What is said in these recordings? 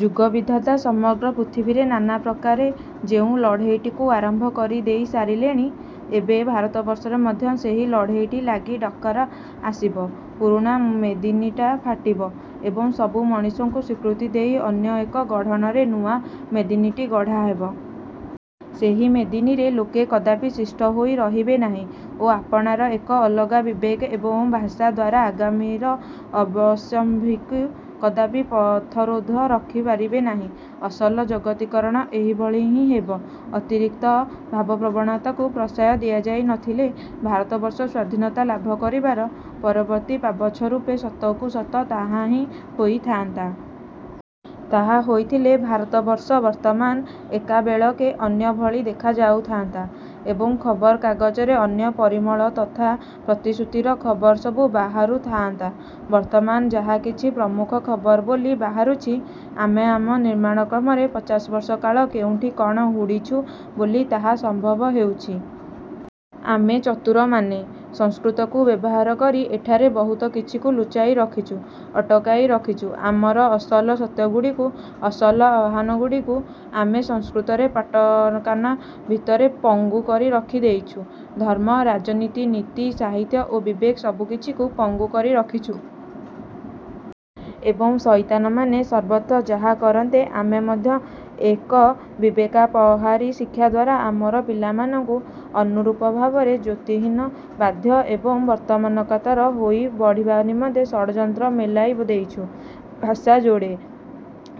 ଯୁଗବିଧାତା ସମଗ୍ର ପୃଥିବୀରେ ନାନା ପ୍ରକାରେ ଯେଉଁ ଲଢ଼େଇଟିକୁ ଆରମ୍ଭ କରିଦେଇ ସାରିଲାଣି ଏବେ ଭାରତବର୍ଷରେ ମଧ୍ୟ ସେହି ଲଢ଼େଇଟି ଲାଗି ଡାକରା ଆସିବ। ପୁରୁଣା ମେଦିନୀଟା ଫାଟିବ ଏବଂ ସବୁ ମଣିଷଙ୍କୁ ସ୍ୱୀକୃତି ଦେଇ ଅନ୍ୟ ଏକ ଗଢ଼ଣରେ ନୂଆ ମେଦିନୀଟି ଗଢ଼ା ହେବ। ସେହି ମେଦିନୀରେ ଲୋକେ କଦାପି ଶିଷ୍ଟ ହୋଇ ରହିବେ ନାହିଁ ଓ ଆପଣାର ଏକ ଅଲଗା ବିବେକ ଏବଂ ଭାଷା ଦ୍ୱାରା ଆଗାମୀର ଅବଶ୍ୟମ୍ଭାବୀକୁ କଦାପି ପଥରୋଧି ରଖିପାରିବେ ନାହିଁ। ଅସଲ ଜଗତୀକରଣ ଏହିଭଳି ହିଁ ହେବ। ଅତିରିକ୍ତ ଭାବପ୍ରବଣତାକୁ ପ୍ରଶ୍ରୟ ଦିଆଯାଇ ନଥିଲେ ଭାରତବର୍ଷ ସ୍ଵାଧୀନତା ଲାଭ କରିବାର ପରବର୍ତ୍ତୀ ପାବଚ୍ଛରୂପେ ସତକୁ ସତ ତାହାହିଁ ହୋଇଥାନ୍ତା। ତାହା ହୋଇଥିଲେ ଭାରତବର୍ଷ ବର୍ତ୍ତମାନ ଏକାବେଳେକେ ଅନ୍ୟ ଭଳି ଦେଖା ଯାଉଥାନ୍ତା ଏବଂ ଖବରକାଗଜରେ ଅନ୍ୟ ପରିମଳ ତଥା ପ୍ରତିଶ୍ରୁତିର ଖବର ସବୁ ବାହାରୁ ଥାଆନ୍ତା। ବର୍ତ୍ତମାନ ଯାହାକିଛି ପ୍ରମୁଖ ଖବର ବୋଲି ବାହାରୁଛି ଆମେ ଆମ ନିର୍ମାଣକ୍ରମରେ ପଚାଶ ବର୍ଷ କାଳ କେଉଁଠି କଣ ହୁଡ଼ିଛୁ ବୋଲି ତାହା ସମ୍ଭବ ହେଉଛି। ଆମେ ଚତୁରମାନେ ସଂସ୍କୃତକୁ ବ୍ୟବହାର କରି ଏଠାରେ ବହୁତ କିଛିକୁ ଲୁଚାଇ ରଖିଛୁ, ଅଟକାଇ ରଖିଛୁ। ଆମର ଅସଲ ସତ୍ୟଗୁଡ଼ିକୁ, ଅସଲ ଆହ୍ୱାନଗୁଡ଼ିକୁ ଆମେ ସଂସ୍କୃତରେ ପାଟକନା ଭିତରେ ପଙ୍ଗୁ କରି ରଖି ଦେଇଛୁ। ଧର୍ମ, ରାଜନୀତି, ନୀତି, ସାହିତ୍ୟ ଓ ବିବେକ ସବୁକିଛିକୁ ପଙ୍ଗୁ କରି ରଖିଛୁ। ଏବଂ ଶଇତାନମାନେ ସର୍ବତ୍ର ଯାହା କରନ୍ତେ ଆମେ ମଧ୍ୟ ଏକ ବିବେକାପହାରୀ ଶିକ୍ଷା ଦ୍ୱାରା ଆମର ପିଲାମାନଙ୍କୁ ଅନୁରୂପ ଭାବରେ ଜ୍ୟୋତିହୀନ, ବାଧ୍ୟ ଏବଂ ବର୍ତ୍ତମାନକାତର ହୋଇ ବଢ଼ିବା ନିମନ୍ତେ ଷଡ଼ଯନ୍ତ୍ର ମେଲାଇ ଦେଇଛୁ। ଭାଷା ଯୋଡ଼େ।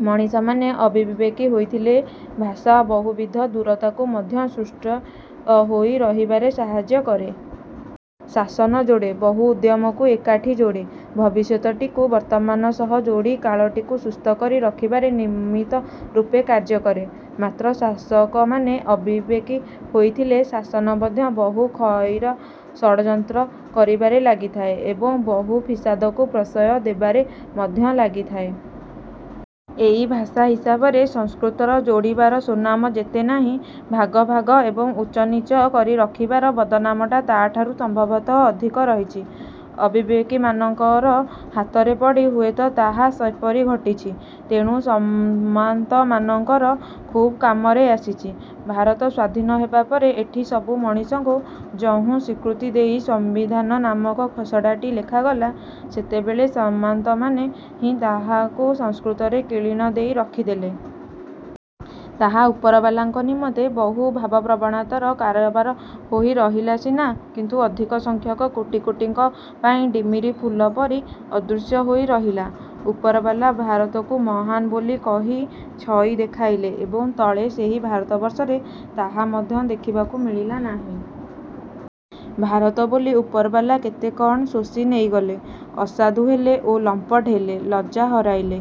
ମଣିଷମାନେ ଅବିବେକୀ ହୋଇଥଲେ ଭାଷା ବହୁବିଧ ଦୂରତାକୁ ମଧ୍ୟ ସୃଷ୍ଟ ହୋଇ ରହିବାରେ ସାହାଯ୍ୟ କରେ। ଶାସନ ଯୋଡ଼େ, ବହୁ ଉଦ୍ୟମକୁ ଏକାଠି ଯୋଡ଼େ, ଭବିଷ୍ୟତଟିକୁ ବର୍ତ୍ତମାନ ସହ ଯୋଡ଼ି କାଳଟିକୁ ସୁସ୍ଥକରି ରଖିବାରେ ନିମିତ୍ତ ରୂପେ କାର୍ଯ୍ୟକରେ। ମାତ୍ର ଶାସକମାନେ ଅବିବେକୀ ହୋଇଥିଲେ ଶାସନ ମଧ୍ୟ ବହୁ ଖାଇର ଷଡ଼ଯନ୍ତ୍ର କରିବାରେ ଲାଗିଥାଏ ଏବଂ ବହୁ ଫିସାଦକୁ ପ୍ରଶ୍ରୟ ଦେବାରେ ମଧ୍ୟ ଲାଗିଥାଏ। ଏଇ ଭାଷା ହିସାବରେ ସଂସ୍କୃତର ଯୋଡ଼ିବାର ସୁନାମ ଯେତେ ନାହିଁ ଭାଗ ଭାଗ ଏବଂ ଉଚ୍ଚ ନୀଚ କରି ରଖିବାର ବଦନାମଟା ତା'ଠାରୁ ସମ୍ଭବତଃ ଅଧିକ ରହିଛି। ଅବିବେକୀମାନଙ୍କର ହାତରେ ପଡ଼ି ହୁଏତ ତାହା ସେପରି ଘଟିଛି। ତେଣୁ ସାମନ୍ତମାନଙ୍କର ଖୁବ୍ କାମରେ ଆସିଛି। ଭାରତ ସ୍ୱାଧୀନ ହେବା ପରେ ଏଠି ସବୁ ମଣିଷଙ୍କୁ ଯହୁଁ ସ୍ୱୀକୃତି ଦେଇ ସମ୍ବିଧାନ ନାମକ ଖସଡ଼ାଟି ଲେଖାଗଲା, ସେତେବେଳେ ସାମନ୍ତମାନେ ହିଁ ତାହାକୁ ସଂସ୍କୃତରେ କିଳିଣି ଦେଇ ରଖିଦେଲେ। ତାହା ଉପରବାଲାଙ୍କ ନିମନ୍ତେ ବହୁ ଭାବପ୍ରବଣତାର କାରବାର ହୋଇ ରହିଲା ସିନା କିନ୍ତୁ ଅଧିକସଂଖ୍ୟକ କୋଟି କୋଟିଙ୍କ ପାଇଁ ଡ଼ିମିରିଫୁଲ ପରି ଅଦୃଶ୍ୟ ହୋଇ ରହିଲା। ଉପରବାଲା ଭାରତକୁ ମହାନ୍ ବୋଲି କହି ଛଇ ଦେଖାଇଲେ ଏବଂ ତଳେ ସେହି ଭାରତବର୍ଷରେ ତାହା ମଧ୍ୟ ଦେଖିବାକୁ ମିଳିଲା ନାହିଁ। ଭାରତ ବୋଲି ଉପରବାଲା କେତେ କଣ ଶୋଷି ନେଇଗଲେ। ଅସାଧୁ ହେଲେ ଓ ଲମ୍ପଟ ହେଲେ। ଲଜ୍ଜା ହରାଇଲେ।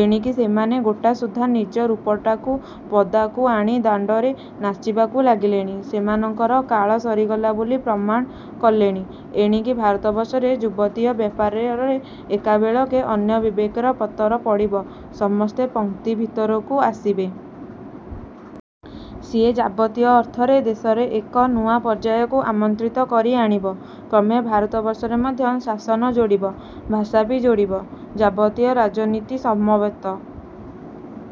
ଏଣିକି ସେମାନେ ଗୋଟାସୁଦ୍ଧା ନିଜ ରୂପଟାକୁ ପଦାକୁ ଆଣି ଦାଣ୍ଡରେ ନାଚିବାକୁ ଲାଗିଲେଣି। ସେମାନଙ୍କର କାଳ ସରିଗଲା ବୋଲି ପ୍ରମାଣ କଲେଣି। ଏଣିକି ଭାରତବର୍ଷରେ ଯାବତୀୟ ବ୍ୟାପାରରେ ଏକାବେଳେକେ ଅନ୍ୟ ବିବେକରେ ପତର ପଡ଼ିବ ସମସ୍ତେ ପଂକ୍ତି ଭିତରକୁ ଆସିବେ। ସିଏ ଯାବତୀୟ ଅର୍ଥରେ ଦେଶରେ ଏକ ନୂଆ ପର୍ଯ୍ୟାୟକୁ ଆମନ୍ତ୍ରିତ କରି ଆଣିବ। କ୍ରମେ ଭାରତବର୍ଷରେ ମଧ୍ୟ ଶାସନ ଯୋଡ଼ିବ, ଭାଷା ବି ଯୋଡ଼ିବ। ଯାବତୀୟ ରାଜନୀତି ସମବେତ